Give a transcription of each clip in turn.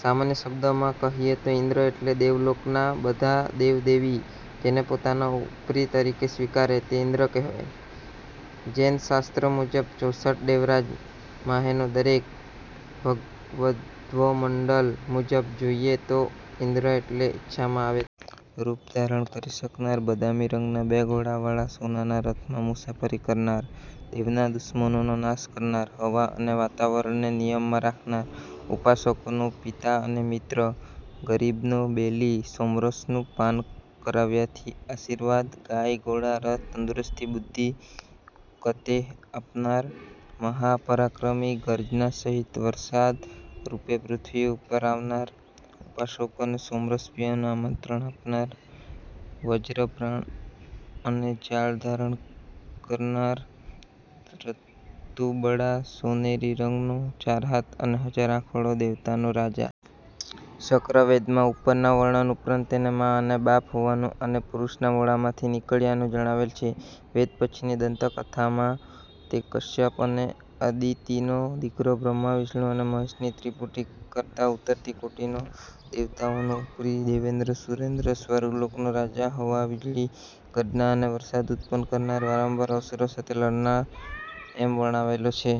સામાન્ય શબ્દમાં કહીએ તો ઇન્દ્ર એટલે દેવલોકનાં બધાં દેવદેવી જેને પોતાના ઉપરી તરીકે સ્વીકારે તે ઇન્દ્ર કહેવાય. જૈન શાસ્ત્ર મુજબ ચોસઠ દેવરાજ માંહેનો દરેક. ભગવદ્ગોમંડલ મુજબ જોઈએ તો ઇન્દ્ર એટલે ઇચ્છામાં આવે તે રૂપ ધારણ કરી શકનાર, બદામી રંગના બે ઘોડાવાળા સોનાના રથમાં મુસાફરી કરનાર, દેવના દુશ્મનોનો નાશ કરનાર, હવા અને વાતાવરણને નિયમમાં રાખનાર, ઉપાસકોનો પિતા અને મિત્ર, ગરીબનો બેલી, સોમરસનું પાન કરાવ્યાથી આશીર્વાદ, ગાય, ઘોડા, રથ, તંદુરસ્તી, બુદ્ધિ, ફતેહ આપનાર, મહા પરાક્રમી ગર્જના સહિત વરસાદરૂપે પૃથ્વી ઉપર આવનાર, ઉપાસકોને સોમરસ પીવાનું આમંત્રણ આપનાર, વજ્ર બાણ અને જાળ ધારણ કરનાર, રતુંબડા સોનેરી રંગનો, ચાર હાથ અને હજાર આંખવાળો દેવતાનો રાજા. શક્ર વેદમાં ઉપરના વર્ણન ઉપરાંત તેને મા અને બાપ હોવાનું અને પુરુષના મોઢામાંથી નીકળ્યાનું જણાવેલ છે. વેદ પછીની દંતકથામાં તે કશ્યપ અને અદિતિનો દીકરો, બ્રહ્મા વિષ્ણુ અને મહેશની ત્રિપુટી કરતાં ઊતરતી કોટીનો, દેવતાઓનો ઉપરી, દેવેન્દ્ર, સુરેન્દ્ર, સ્વર્ગલોકનો રાજા હવા, વીજળી, ગર્જના અને વરસાદ ઉત્પન્ન કરનાર, વારંવાર અસુરો સાથે લડનાર એમ વર્ણવાયેલ છે.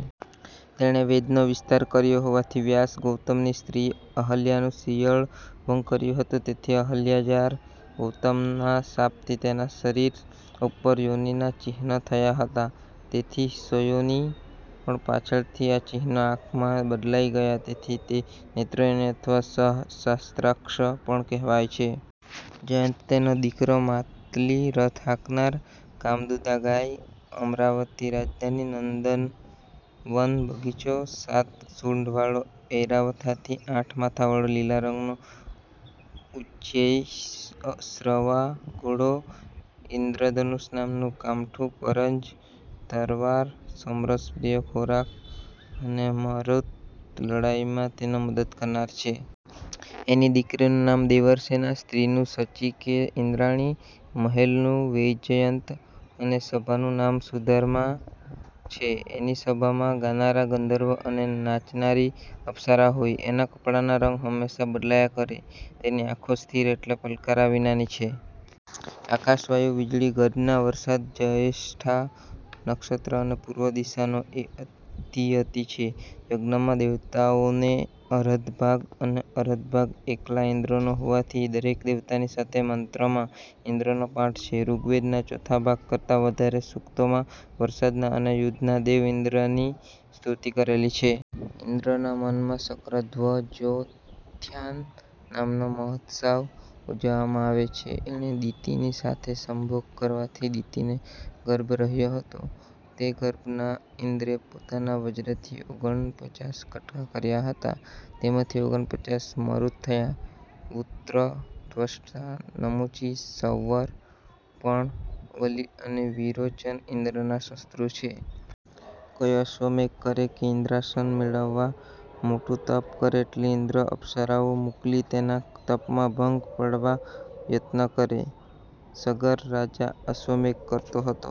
તેણે વેદનો વિસ્તાર કર્યો હોવાથી વ્યાસ, ગૌતમની સ્ત્રી અહલ્યાનું શિયળ ભંગ કર્યું હતું તેથી અહલ્યાજાર, ગૌતમના શાપથી તેના શરીર ઉપર યોનિનાં ચિહ્ન થયાં હતાં તેથી સયોનિ, પણ પાછળથી આ ચિહ્નો આંખમાં બદલાઈ ગયાં તેથી તે નેત્રયોનિ અથવા સહસ્ત્રાક્ષ પણ કહેવાય છે. જયંત તેનો દીકરો, માતલિ રથ હાંકનાર, કામદુધા ગાય, અમરાવતી રાજધાની, નંદનવન બગીચો, સાત સૂંઢવાળો ઐરાવત હાથી, આઠ માથાવાળો લીલા રંગનો ઉચ્ચૈ:શ્રવા ઘોડો, ઇંદ્રધનુષ નામનું કામઠું, પરંજ તરવાર, સોમરસ પ્રિય ખોરાક અને મરુત લડાઈમાં તેનો મદદ કરનાર છે. એની દિકરીનું નામ દેવસ્સેના, સ્ત્રીનું શચી કે ઇંદ્રાણી, મહેલનું વૈજયંત અને સભાનું નામ સુધર્મા છે. એની સભામાં ગાનારા ગંધર્વ અને નાચનારી અપસરા હોય. એનાં કપડાંના રંગ હમેશા બદલાયા કરે. તેની આંખો સ્થિર એટલે પલકારા વિનાની છે. આકાશ, વાયુ, વીજળી, ગર્જના, વરસાદ, જ્યેષ્ઠા નક્ષત્ર અને પૂર્વ દિશાનો એ અધિપતિ છે. યજ્ઞમાં દેવતાઓને અરધ ભાગ અને અરધ ભાગ એકલા ઇંદ્રનો હોવાથી દરેક દેવતાની સાથે મંત્રમાં ઇંદ્રનો પાઠ છે. ઋગ્વેદનાં ચોથા ભાગ કરતાં વધારે સૂક્તોમાં વરસાદના અને યુદ્ધના દેવ ઇંદ્રની સ્તુતિ કરેલી છે. ઇંદ્રના માનમાં શક્રધ્વજોત્થાન નામનો મહોત્સાવ ઊજવવામાં આવે છે. એણે દિતિની સાથે સંભોગ કરવાથી દિતિને ગર્ભ રહ્યો હતો. તે ગર્ભના ઇંદ્રે પોતાના વજ્રથી ઓગન પચાસ કટકા કર્યા હતા. તેમાંથી ઓગન પચાસ મરુત થયા. વૃત્ર, ત્વષ્ટા, નમુચિ, સંવર, પણ, વલિ અને વિરોચન ઇંદ્રના શત્રુ છે. કોઈ અશ્વમેધ કરે કે ઇંદ્રાસન મેળવવા મોટું તપ કરે એટલે ઇંદ્ર અપ્સરાઓ મોકલી તેના તપમાં ભંગ પાડવા યત્ન કરે. સગર રાજા અશ્વમેધ કરતો હતો